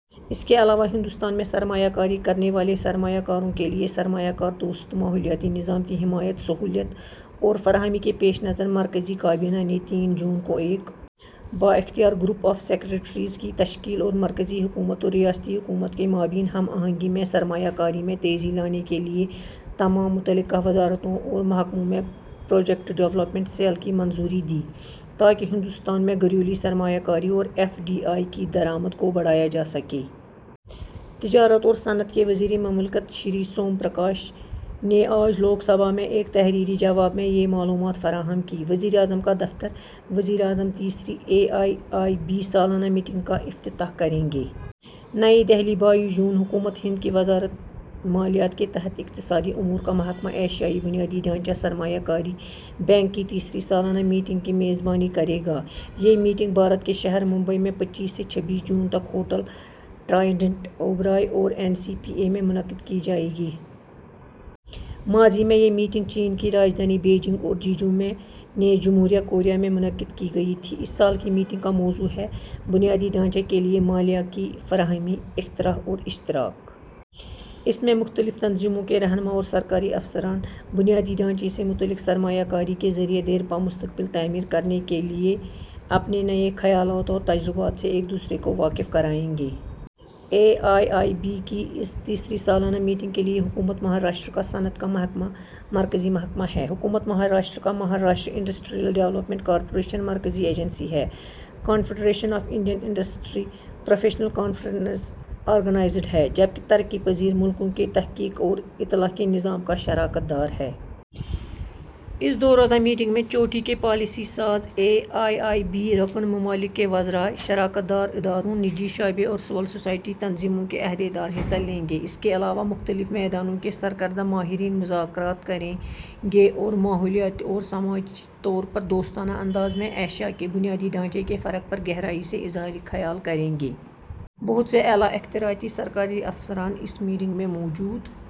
اس کے علاوہ، ہندوستان میں سرمایہ کاری کرنے والے سرمایہ کاروں کے لیے سرمایہ کار دوست ماحولیاتی نظام کی حمایت، سہولت اور فراہمی کے پیش نظر، مرکزی کابینہ نے تین جون کو ایک با اختیار گروپ آف سکریٹریز کی تشکیل اور مرکزی حکومت اور ریاستی حکومتوں کے مابین ہم آہنگی میں سرمایہ کاری میں تیزی لانے کے لیے تمام متعلقہ وزارتوں اور محکموں میں پروجیکٹ ڈویلپمنٹ سیل کی منظوری دی، تاکہ ہندوستان میں گھریلو سرمایہ کاری اور ایف ڈی آئی کی درآمد کو بڑھایا جا سکے۔ تجارت اور صنعت کے وزیر مملکت، شری سوم پرکاش نے آج لوک سبھا میں ایک تحریری جواب میں یہ معلومات فراہم کی۔ وزیراعظم کا دفتر۔ وزیراعظم تیسری اے آئی آئی بی سالانہ میٹنگ کا افتتاح کریں گے۔ نئی دہلی، بائیس جون۔ حکومت ہند کی وزارت مالیات کے تحت اقتصادی امور کا محکمہ، ایشیائی بنیادی ڈھانچہ سرمایہ کاری بینک کی تیسری سالانہ میٹنگ کی میزبانی کرے گا۔ یہ میٹنگ بھارت کے شہر ممبئی میں پچیس سے چھبیس جون تک ہوٹل ٹرائیڈنٹ اوبرائے اور این سی پی اے میں منعقد کی جائے گی۔ ماضی میں یہ میٹنگ چین کی راجدھانی بیجنگ اور جیجو میں، نیز جمہوریہ کوریا میں منعقد کی گئی تھی۔ اس سال کی میٹنگ کا موضوع ہے، بنیادی ڈھانچے کے لیے مالیہ کی فراہمی: اختراع اور اشتراک۔ اس میں مختلف تنظیموں کے رہنما اور سرکاری افسران بنیادی ڈھانچے سے متعلق سرمایہ کاری کے ذریعے دیرپا مستقبل تعمیر کرنے کے لیے اپنے نئے خیالات اور تجربات سے ایک دوسرے کو واقف کرائیں گے۔ اے آئی آئی بی کی اس تیسری سالانہ میٹنگ کے لیے حکومت مہاراشٹر کا صنعت کا محکمہ مرکزی محکمہ ہے۔ حکومت مہاراشٹر کا مہاراشٹر انڈسٹریل ڈیولپمنٹ کارپوریشن مرکزی ایجنسی ہے۔ Confederation of Indian industry professional conference organiser ہے، جبکہ ترقی پذیر ملکوں کے تحقیق اور اطلاع کے نظام کا شراکت دار ہے۔ اس دو روزہ میٹنگ میں چوٹی کے پالیسی ساز، اے آئی آئی بی رکن ممالک کے وزراء، شراکت دار اداروں، نجی شعبے اور سول سوسائٹی تنظیموں کے عہدے دار حصہ لیں گے۔ اس کے علاوہ مختلف میدانوں کے سرکردہ ماہرین مذاکرات کریں گے اور ماحولیاتی اور سماجی طور پر دوستانہ انداز میں ایشیا کے بنیادی ڈھانچے کے فرق پر گہرائی سے اظہار خیال کریں گے۔ بہت سے اعلیٰ اختیاراتی سرکاری افسران اس میٹنگ میں موجود...